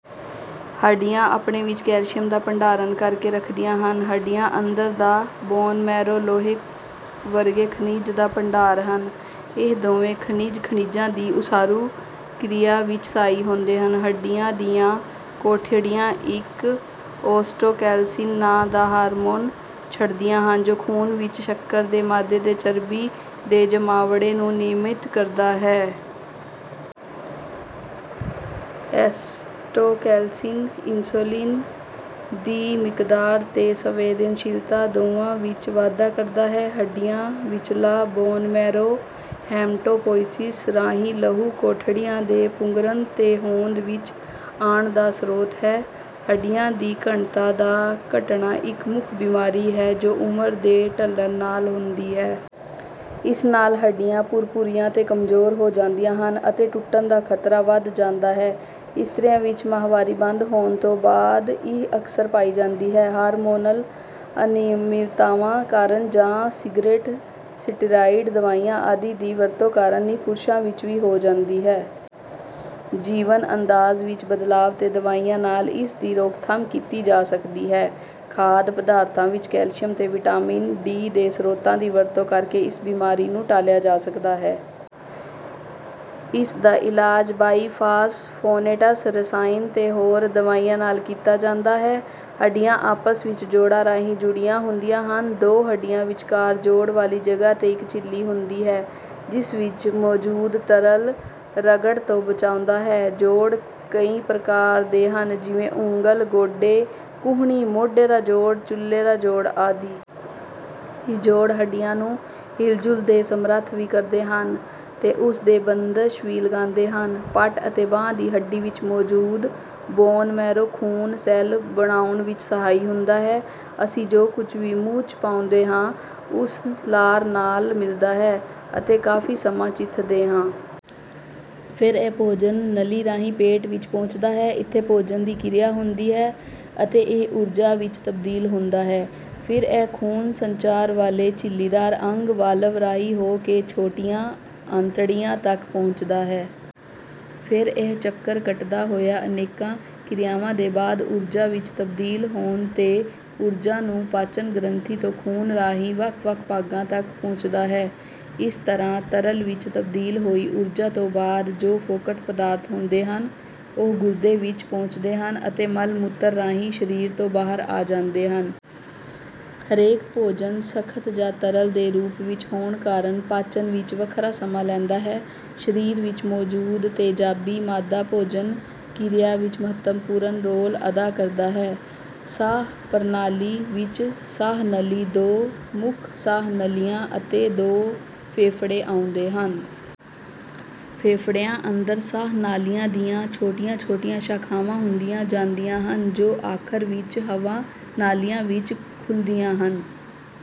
ਹੱਡੀਆਂ ਆਪਣੇ ਵਿੱਚ ਕੈਲਸ਼ੀਅਮ ਦਾ ਭੰਡਾਰਣ ਕਰਕੇ ਰੱਖਦੀਆਂ ਹਨ ਹੱਡੀਆ ਅੰਦਰ ਦਾ ਬੋਨਮੈਰੋ ਲੋਹੇ ਵਰਗੇ ਖਣਿਜ ਦਾ ਭੰਡਾਰ ਹਨ। ਇਹ ਦੋਵੇਂ ਖਣਿਜ ,ਖਣਿਜਾਂ ਦੀ ਉਸਾਰੂ ਕਿਰਿਆ ਵਿੱਚ ਸਹਾਈ ਹੁੰਦੇ ਹਨ। ਹੱਡੀਆ ਦੀਆ ਕੋਠੜੀਆਂ ਇੱਕ ਔਸਟੋਕੈਲਸਿਨ ਨਾਂ ਦਾ ਹਾਰਮੋਨ ਛੱਡਦੀਆਂ ਹਨ ਜੋ ਖੂਨ ਵਿੱਚ ਸ਼ੱਕਰ ਦੇ ਮਾਦੇ ਤੇ ਚਰਬੀ ਦੇ ਜਮਾਵੜੇ ਨੂੰ ਨਿਯਮਿਤ ਕਰਦਾ ਹੈ। ਔਸਟੋਕੈਲਸਿਨ ਇੰਸੂਲਿਨ ਦੀ ਮਿਕਦਾਰ ਤੇ ਸੰਵੇਦਨਸ਼ੀਲਤਾ ਦੋਵਾਂ ਵਿੱਚ ਵਾਧਾ ਕਰਦਾ ਹੈ। ਹੱਡੀਆਂ ਵਿਚਲਾ ਬੋਨਮੈਰੋ ਹੈਮਟੋਪੋਇਸਿਸ ਰਾਹੀਂ ਲਹੂ ਕੋਠੜੀਆਂ ਦੇ ਪੁੰਗਰਣ ਤੇ ਹੌਂਦ ਵਿੱਚ ਆਣ ਦਾ ਸ੍ਰੋਤ ਹੈ। ਹੱਡੀਆਂ ਦੀ ਘਣਤਾ ਦਾ ਘਟਣਾ ਇੱਕ ਮੁਖ ਬਿਮਾਰੀ ਹੈ ਜੋ ਉਮਰ ਦੇ ਢਲਣ ਨਾਲ ਹੁੰਦੀ ਹੈ। ਇਸ ਨਾਲ ਹੱਡੀਆਂ ਭੁਰਭੁਰੀਆਂ ਤੇ ਕਮਜੋਰ ਹੋ ਜਾਂਦੀਆਂ ਹਨ ਅਤੇ ਟੁੱਟਣ ਦਾ ਖ਼ਤਰਾ ਵੱਧ ਜਾਂਦਾ ਹੈ। ਇਸਤਰੀਆਂ ਵਿੱਚ ਮਾਹਵਾਰੀ ਬੰਦ ਹੋਣ ਤੌਂ ਬਾਦ ਇਹ ਅਕਸਰ ਪਾਈ ਜਾਂਦੀ ਹੈ। ਹਾਰਮੋਨਲ ਅਨਿਯਮਿਤਾਵਾਂ ਕਾਰਨ ਜਾਂ ਸਿਗਰਟ, ਸਟੀਰਾਇਡ ਦਵਾਈਆਂ ਆਦਿ ਦੀ ਵਰਤੋਂ ਕਾਰਨ ਇਹ ਪੁਰਸ਼ਾਂ ਵਿੱਚ ਵੀ ਹੋ ਜਾਂਦੀ ਹੈ। ਜੀਵਨ ਅੰਦਾਜ਼ ਵਿੱਚ ਬਦਲਾਅ ਤੇ ਦਵਾਈਆਂ ਨਾਲ ਇਸ ਦੀ ਰੋਕਥਾਮ ਕੀਤੀ ਜਾ ਸਕਦੀ ਹੈ। ਖਾਧ ਪਦਾਰਥਾਂ ਵਿੱਚ ਕੈਲਸ਼ੀਅਮ ਤੇ ਵਿਟਾਮਿਨ ਡੀ ਦੇ ਸ੍ਰੋਤਾਂ ਦੀ ਵਰਤੋਂ ਕਰਕੇ ਇਸ ਬਿਮਾਰੀ ਨੂੰ ਟਾਲਿਆ ਜਾ ਸਕਦਾ ਹੈ। ਇਸ ਦਾ ਇਲਾਜ ਬਾਈਫਾਸਫੋਨੇਟਸ ਰਸਾਇਣ ਤੇ ਹੋਰ ਦਵਾਈਆਂ ਨਾਲ ਕੀਤਾ ਜਾਂਦਾ ਹੈ। ਹੱਡੀਆਂ ਆਪਸ ਵਿੱਚ ਜੋੜਾਂ ਰਾਹੀਂ ਜੁੜੀਆਂ ਹੁੰਦੀਆ ਹਨ। ਦੋ ਹੱਡੀਆਂ ਵਿਚਕਾਰ ਜੋੜ ਵਾਲੀ ਜਗਾਹ 'ਤੇ ਇੱਕ ਝਿੱਲੀ ਹੁੰਦੀ ਹੈ ਜਿਸ ਵਿੱਚ ਮੌਜ਼ੂਦ ਤਰਲ ਰਗੜ ਤੋਂ ਬਚਾਉਂਦਾ ਹੈ ਜੋੜ ਕਈ ਪ੍ਰਕਾਰ ਦੇ ਹਨ ਜਿਵੇਂ ਉਂਗਲ, ਗੋਡੇ, ਕੂਹਣੀ, ਮੋਢੇ ਦਾ ਜੋੜ, ਚੂਲੇ ਦਾ ਜੋੜ ਆਦਿ। ਇਹ ਜੋੜ ਹੱਡੀਆਂ ਨੂੰ ਹਿਲਜੁਲ ਦੇ ਸਮਰੱਥ ਵੀ ਕਰਦੇ ਹਨ ਤੇ ਉਸ ਤੇ ਬੰਦਸ਼ ਵੀ ਲਗਾਂਦੇ ਹਨ। ਪੱਟ ਅਤੇ ਬਾਂਹ ਦੀ ਹੱਡੀ ਵਿੱਚ ਮੌਜੂਦ ਬੋਨ ਮੈਰੋ ਖੂਨ ਸੈੱਲ ਬਣਾਓੁਣ ਵਿੱਚ ਸਹਾਈ ਹੁੰਦਾ ਹੈ ਅਸੀਂ ਜੋ ਕੁਝ ਵੀ ਮੂੰਹ ਚ ਪਾਉਂਦੇ ਹਾਂ, ਉਹ ਲਾਰ ਨਾਲ ਮਿਲਦਾ ਹੈ ਅਤੇ ਕਾਫ਼ੀ ਸਮਾਂ ਚਿੱਥਦੇ ਹਾਂ। ਫਿਰ ਇਹ ਭੋਜਨ ਨਲੀ ਰਾਹੀਂ ਪੇਟ ਵਿੱਚ ਪਹੁੰਚਦਾ ਹੈ। ਇੱਥੇ ਭੋਜਨ ਦੀ ਕਿਰਿਆ ਹੁੰਦੀ ਹੈ ਅਤੇ ਇਹ ਊੁਰਜਾ ਵਿੱਚ ਤਬਦੀਲ ਹੁੰਦਾ ਹੈ। ਫਿਰ ਇਹ ਖੂਨ ਸੰਚਾਰ ਵਾਲੇ ਝਿੱਲੀਦਾਰ ਅੰਗ ਵਾਲਵ ਰਾਹੀਂ ਹੋ ਕੇ ਛੋਟੀਆਂ ਅੰਤੜੀਆਂ ਤਕ ਪਹੁੰਚਦਾ ਹੈ। ਫਿਰ ਇਹ ਚੱਕਰ ਕੱਟਦਾ ਹੋਇਆ ਅਨੇਕਾਂ ਕਿਰਿਆਵਾਂ ਦੇ ਬਾਅਦ ਊਰਜਾ ਵਿੱਚ ਤਬਦੀਲ ਹੋਣ ਤੇ ਉੂਰਜਾ ਨੂੰ ਪਾਚਨ ਗ੍ਰੰਥੀ ਤੋਂ ਖੂਨ ਰਾਹੀਂ ਵੱਖ-ਵੱਖ ਭਾਗਾਂ ਤਕ ਪਹੁੰਚਦਾ ਹੈ। ਇਸ ਤਰ੍ਹਾਂ ਤਰਲ ਵਿੱਚ ਤਬਦੀਲ ਹੋਈ ਊਰਜਾ ਤੋਂ ਬਾਅਦ ਜੋ ਫੋਕਟ ਪਦਾਰਥ ਹੁੰਦੇ ਹਨ, ਉਹ ਗੁਰਦੇ ਵਿੱਚ ਪਹੁੰਚਦੇ ਹਨ ਅਤੇ ਮਲ-ਮੂਤਰ ਰਾਹੀਂ ਸਰੀਰ ਤੋਂ ਬਾਹਰ ਆ ਜਾਂਦੇ ਹਨ। ਹਰੇਕ ਭੋਜਨ ਸਖ਼ਤ ਜਾਂ ਤਰਲ ਦੇ ਰੂਪ ਵਿੱਚ ਹੋਣ ਕਾਰਨ ਪਾਚਨ ਵਿੱਚ ਵੱਖਰਾ ਸਮਾਂ ਲੈਂਦਾ ਹੈ। ਸਰੀਰ ਵਿੱਚ ਮੌਜੂਦ ਤੇਜ਼ਾਬੀ ਮਾਦਾ ਭੋਜਨ ਕਿਰਿਆ ਵਿੱਚ ਮਹੱਤਵਪੂਰਨ ਰੋਲ ਅਦਾ ਕਰਦਾ ਹੈ ਸਾਹ-ਪ੍ਰਣਾਲੀ ਵਿੱਚ ਸਾਹ-ਨਾਲੀ, ਦੋ ਮੁੱਖ ਸਾਹ-ਨਾਲੀਆਂ ਅਤੇ ਦੋ ਫੇਫੜੇ ਆਉਂਦੇ ਹਨ। ਫੇਫੜਿਆਂ ਅੰਦਰ ਸਾਹ-ਨਾਲੀਆਂ ਦੀਆਂ ਛੋਟੀਆਂ-ਛੋਟੀਆਂ ਸ਼ਾਖ਼ਾਵਾਂ ਹੁੰਦੀਆਂ ਜਾਂਦੀਆਂ ਹਨ ਜੋ ਆਖ਼ਰ ਵਿੱਚ ਹਵਾ ਨਾਲੀਆਂ ਵਿੱਚ ਖੁੱਲ੍ਹਦੀਆਂ ਹਨ।